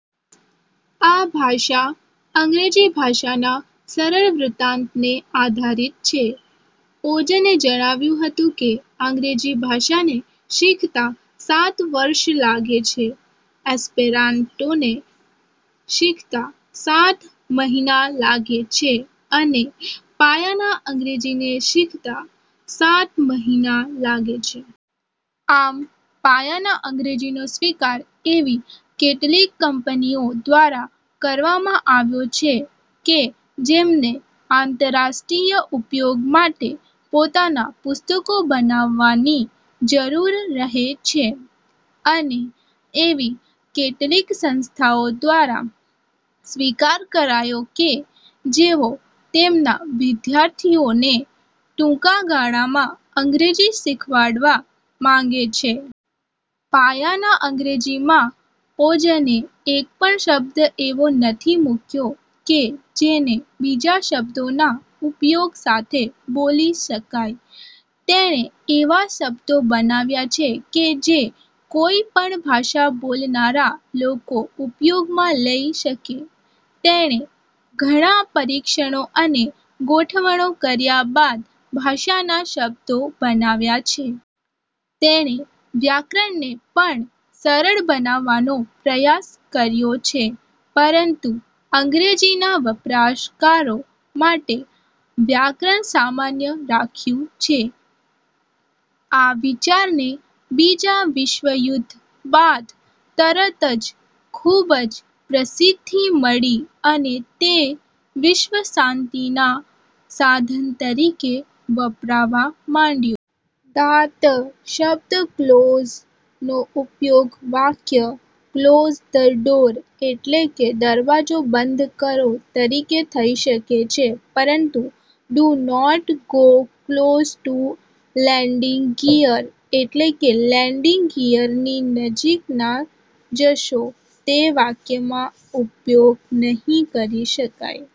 આ ભાષા અંગ્રેજી ભાષાના સરલ વૃત્તાંતને આધારિત છે. ઓજને જણાવ્યું હતું કે અંગ્રેજી ભાષાને શીખતા સાત વર્ષ લાગે છે, એસ્પેરાન્ટોને શીખતા સાત મહિના લાગે છે અને પાયાનાં અંગ્રેજીને શીખતા સાત મહિના લાગે છે. આમ પાયાના અંગ્રેજીનો સ્વીકાર એવી કેટલીક કંપનીઓ દ્વારા કરવામાં આવ્યો છે કે જેમને આંતરરાષ્ટ્રીય ઉપયોગ માટે પોતાનાં પુસ્તકો બનાવવાની જરૂર રહે છે અને એવી કેટલીક સંસ્થાઓ દ્વારા સ્વીકાર કરાયો કે જેઓ તેમના વિદ્યાર્થીઓને ટૂંકાગાળામાં અંગ્રેજી શીખવાડવા માગે છે. પાયાના અંગ્રેજીમાં ઓજને એક પણ શબ્દ એવો નથી મૂક્યો કે જેને બીજા શબ્દોના ઉપયોગ સાથે બોલી શકાય. તેણે એવા શબ્દો બનાવ્યા છે કે જે કોઇ પણ ભાષા બોલનારા લોકો ઉપયોગમાં લઇ શકે. તેણે ઘણાં પરીક્ષણો અને ગોઠવણો કર્યા બાદ ભાષાના શબ્દો બનાવ્યા છે. તેણે વ્યાકરણને પણ સરળ બનાવવાનો પ્રયાસ કર્યો છે પરંતુ અંગ્રેજીના વપરાશકારો માટે વ્યાકરણ સામાન્ય રાખ્યું છે. આ વિચારને બીજાં વિશ્વયુદ્ધ બાદ તરત જ ખૂબ જ પ્રસિદ્ધિ મળી અને તે વિશ્વશાંતિના સાધન તરીકે વપરાવા માંડ્યું. દા. ત. શબ્દ ક્લોઝ નો ઉપયોગ વાક્ય " ક્લોઝ ધ ડોર" એટલે કે દરવાજો બંધ કરો તરીકે થઇ શકે છે પરંતુ "do not go close to landing gear" એટલે કે લેન્ડિંગ ગિયરની નજીક ના જશો તે વાક્યમાં ઉપયોગ નહીં કરી શકાય.